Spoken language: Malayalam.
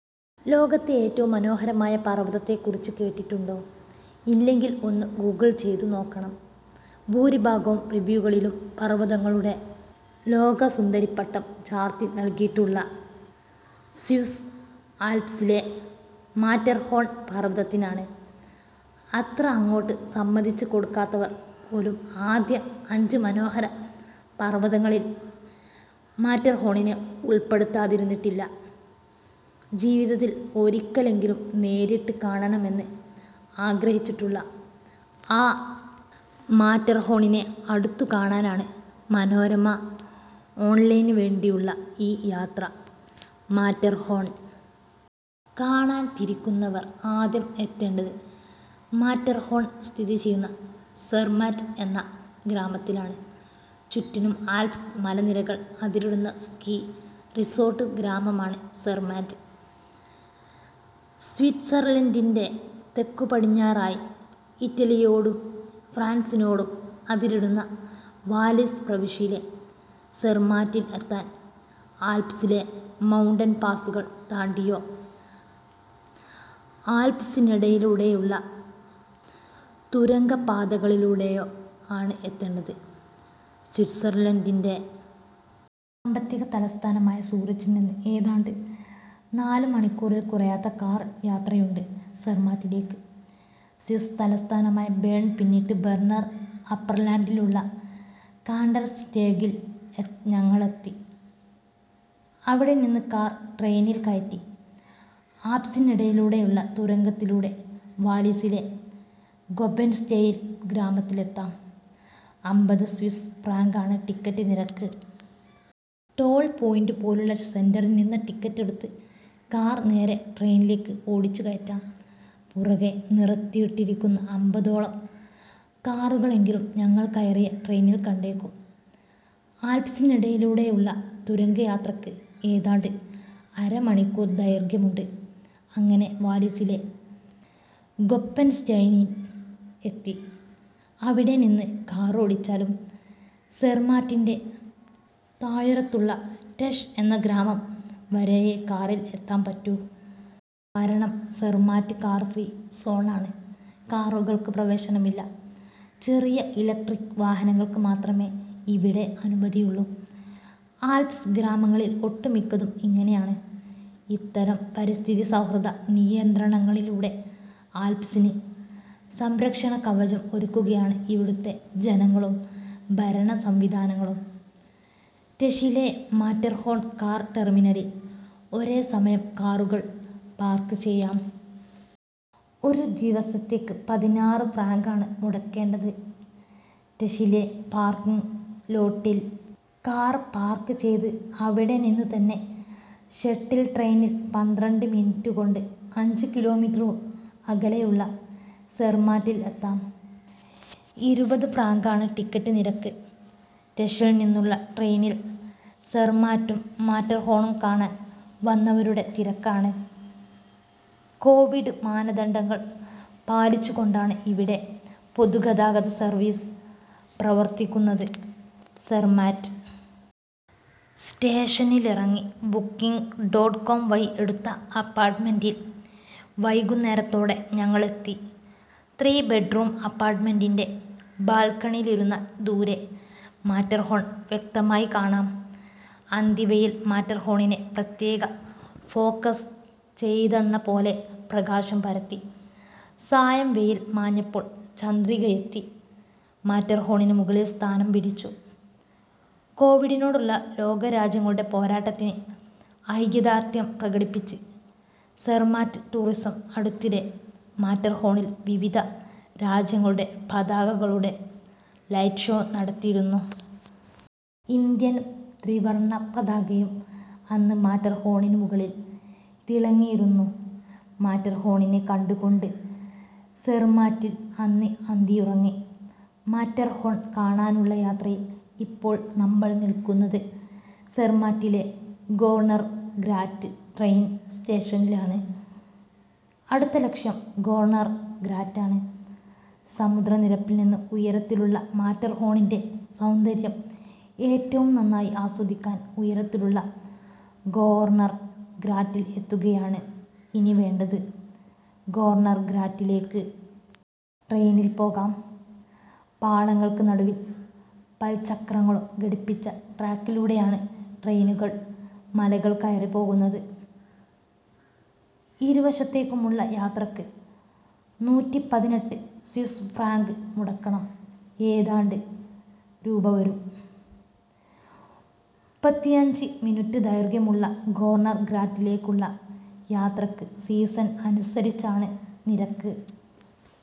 ലോകത്തെ ഏറ്റവും മനോഹരമായ പർവ്വതത്തെക്കുറിച്ച് കേട്ടിട്ടുണ്ടോ. ഇല്ലെങ്കിൽ ഒന്ന് ഗൂഗിൾ ചെയ്തു നോക്കണം. ഭൂരിഭാഗം റിവ്യൂകളിലും പർവ്വതങ്ങളുടെ ലോക സുന്ദരിപ്പട്ടം ചാർത്തി നൽകിയിട്ടുള്ളത് സ്വിസ് ആൽപ്സിലെ മാറ്റർഹോൺ പർവ്വതത്തിനാണ്. അത്ര അങ്ങോട്ട് സമ്മതിച്ചുകൊടുക്കാത്തവർ പോലും ആദ്യ അഞ്ച് മനോഹര പർവ്വതങ്ങളിൽ മാറ്റർഹോണിനെ ഉൾപ്പെടുത്താതിരുന്നിട്ടില്ല. ജീവിതത്തിൽ ഒരിക്കലെങ്കിലും നേരിട്ട് കാണണമെന്ന് ആഗ്രഹിച്ചിട്ടുള്ള ആ മാറ്റർഹോണിനെ അടുത്തുകാണാനാണ് മനോരമ ഓൺലൈനുവേണ്ടിയുള്ള ഈ യാത്ര. മാറ്റർഹോൺ കാണാൻ തിരിക്കുന്നവർ ആദ്യം എത്തേണ്ടത് മാറ്റർഹോൺ സ്ഥിതിചെയ്യുന്ന സെർമാറ്റ് എന്ന ഗ്രാമത്തിലാണ്. ചുറ്റിനും ആൽപ്സ് മലനിരകൾ അതിരിടുന്ന സ്കീ റിസോർട്ട് ഗ്രാമമാണ് സെർമാറ്റ്. സ്വിറ്റ്സർലൻഡിന്റെ തെക്കുപടിഞ്ഞാറായി ഇറ്റലിയോടും ഫ്രാൻസിനോടും അതിരിടുന്ന വാലിസ് പ്രവിശ്യയിലെ സെർമാറ്റിൽ എത്താൻ ആൽപ്സിലെ മൗണ്ടൻ പാസുകൾ താണ്ടിയോ ആൽപ്സിനടിയിലൂടെയുള്ള തുരങ്കപ്പാതകളിലൂടെയോ ആണ് എത്തേണ്ടത്. സ്വിറ്റ്സർലൻഡിന്റെ സാമ്പത്തിക തലസ്ഥാനമായ സൂറിച്ചിൽനിന്ന് ഏതാണ്ട് നാലു മണിക്കൂറിൽ കുറയാത്ത കാർ യാത്രയുണ്ട് സെർമാറ്റിലേക്ക്. സ്വിസ് തലസ്ഥാനമായ ബേൺ പിന്നിട്ട് ബെർണർ അപ്പർലാൻഡിലുള്ള കാണ്ടർ സ്റ്റേഗിൽ ഞങ്ങൾ എത്തി. അവിടെനിന്ന് കാർ ട്രെയിനിൽ കയറ്റി ആൽപ്സിനടിയിലൂടെയുള്ള തുരങ്കത്തിലൂടെ വാലീസിലെ ഗൊപ്പെൻസ്റ്റെയിൻ ഗ്രാമത്തിലെത്താം. അമ്പത് സ്വിസ് ഫ്രാങ്കാണ് ടിക്കറ്റ് നിരക്ക്. ടോൾ പോയിന്റുപോലുള്ള സെന്ററിൽനിന്ന് ടിക്കറ്റെടുത്ത് കാർ നേരെ ട്രെയിനിലേക്ക് ഓടിച്ചുകയറ്റാം. പുറകെ നിർത്തിയിട്ടിരിക്കുന്ന അമ്പതോളം കാറുകളെങ്കിലും ഞങ്ങൾ കയറിയ ട്രെയിനിൽ കണ്ടേക്കും. ആൽപ്സിനടിയിലൂടെയുള്ള തുരങ്കയാത്രയ്ക്ക് ഏതാണ്ട് അര മണിക്കൂർ ദൈർഘ്യമുണ്ട്. അങ്ങനെ വാലീസിലെ ഗൊപ്പെൻസ്റ്റെയിനിൽ എത്തി. അവിടെനിന്ന് കാറോടിച്ചാലും സെർമാറ്റിന്റെ താഴ്വാരത്തുള്ള റ്റെഷ് എന്ന ഗ്രാമം വരെയേ കാറിൽ എത്താൻ പറ്റൂ. കാരണം സെർമാറ്റ് കാർ ഫ്രീ സോണാണ്. കാറുകൾക്ക് പ്രവേശനമില്ല. ചെറിയ ഇലക്ട്രിക് വാഹനങ്ങൾക്ക് മാത്രമേ ഇവിടെ അനുമതിയുള്ളൂ. ആൽപ്സ് ഗ്രാമങ്ങളിൽ ഒട്ടുമിക്കതും ഇങ്ങനെയാണ്. ഇത്തരം പരിസ്ഥിതി സൗഹൃദ നിയന്ത്രണങ്ങളിലൂടെ ആൽപ്സിന് സംരക്ഷണ കവചം ഒരുക്കുകയാണ് ഇവിടുത്തെ ജനങ്ങളും ഭരണസംവിധാനങ്ങളും. റ്റെഷിലെ മാറ്റർഹോൺ കാർ ടെർമിനലിൽ ഒരേസമയം കാറുകൾ പാർക്ക് ചെയ്യാം. ഒരു ദിവസത്തേക്ക് പതിനാറ് ഫ്രാങ്കാണ് മുടക്കേണ്ടത്. റ്റെഷിലെ പാർക്കിംഗ് ലോട്ടിൽ കാർ പാർക്ക് ചെയ്ത് അവിടെനിന്നുതന്നെ ഷട്ടിൽ ട്രെയിനിൽ പന്ത്രണ്ട് മിനിറ്റുകൊണ്ട് അഞ്ച് കിലോമീറ്റർ അകലെയുള്ള സെർമാറ്റിൽ എത്താം. ഇരുപത് ഫ്രാങ്കാണ് ടിക്കറ്റ് നിരക്ക്. റ്റെഷിൽനിന്നുള്ള ട്രെയിനിൽ സെർമാറ്റും മാറ്റർഹോണും കാണാൻ വന്നവരുടെ തിരക്കാണ്. കോവിഡ് മാനദണ്ഡങ്ങൾ പാലിച്ചുകൊണ്ടാണ് ഇവിടെ പൊതുഗതാഗത സർവീസ് പ്രവർത്തിക്കുന്നത്. സെർമാറ്റ് സ്റ്റേഷനിലിറങ്ങി ബുക്കിങ് ഡോട്ട് കോം വഴി എടുത്ത അപ്പാർട്ട്മെന്റിൽ വൈകുന്നേരത്തോടെ ഞങ്ങൾ എത്തി. ത്രീ ബെഡ്റൂം അപ്പാർട്ട്മെന്റിന്റെ ബാൽക്കണിയിലിരുന്നാൽ ദൂരെ മാറ്റർഹോൺ വ്യക്തമായി കാണാം. അന്തിവെയിൽ മാറ്റർഹോണിനെ പ്രത്യേകം ഫോക്കസ് ചെയ്തെന്നപോലെ പ്രകാശം പരത്തി. സായംവെയിൽ മാഞ്ഞപ്പോൾ ചന്ദ്രികയെത്തി മാറ്റർഹോണിന് മുകളിൽ സ്ഥാനം പിടിച്ചു. കോവിഡിനോടുള്ള ലോകരാജ്യങ്ങളുടെ പോരാട്ടത്തിന് ഐക്യദാർഢ്യം പ്രകടിപ്പിച്ച് സെർമാറ്റ് ടൂറിസം അടുത്തിടെ മാറ്റർഹോണിൽ വിവിധ രാജ്യങ്ങളുടെ പതാകകളുടെ ലൈറ്റ് ഷോ നടത്തിയിരുന്നു. ഇന്ത്യൻ ത്രിവർണ പതാകയും അന്ന് മാറ്റർഹോണിന് മുകളിൽ തിളങ്ങിയിരുന്നു. മാറ്റർഹോണിനെ കണ്ടുകൊണ്ട് സെർമാറ്റിൽ അന്ന് അന്തിയുറങ്ങി. മാറ്റർഹോൺ കാണാനുള്ള യാത്രയിൽ ഇപ്പോൾ നമ്മൾ നിൽക്കുന്നത് സെർമാറ്റിലെ ഗോർണർഗ്രാറ്റ് ട്രെയിൻ സ്റ്റേഷനിലാണ്. അടുത്ത ലക്ഷ്യം ഗോർണർഗ്രാറ്റാണ്. സമുദ്രനിരപ്പിൽനിന്ന് ഉയരത്തിലുള്ള മാറ്റർഹോണിന്റെ സൗന്ദര്യം ഏറ്റവും നന്നായി ആസ്വദിക്കാൻ ഉയരത്തിലുള്ള ഗോർണർഗ്രാറ്റിൽ എത്തുകയാണ് ഇനി വേണ്ടത്. ഗോർണർഗ്രാറ്റിലേക്ക് ട്രെയിനിൽ പോകാം. പാളങ്ങൾക്ക് നടുവിൽ പൽച്ചക്രങ്ങളും ഘടിപ്പിച്ച ട്രാക്കിലൂടെയാണ് ട്രെയിനുകൾ മലകൾ കയറി പോകുന്നത്. ഇരുവശത്തേക്കുമുള്ള യാത്രയ്ക്ക് നൂറ്റിപ്പതിനെട്ട് സ്വിസ് ഫ്രാങ്ക് മുടക്കണം. ഏതാണ്ട് രൂപ വരും. മുപ്പത്തിയഞ്ച് മിനിറ്റ് ദൈർഘ്യമുള്ള ഗോർണർഗ്രാറ്റിലേക്കുള്ള യാത്രയ്ക്ക് സീസൺ അനുസരിച്ചാണ് നിരക്ക്.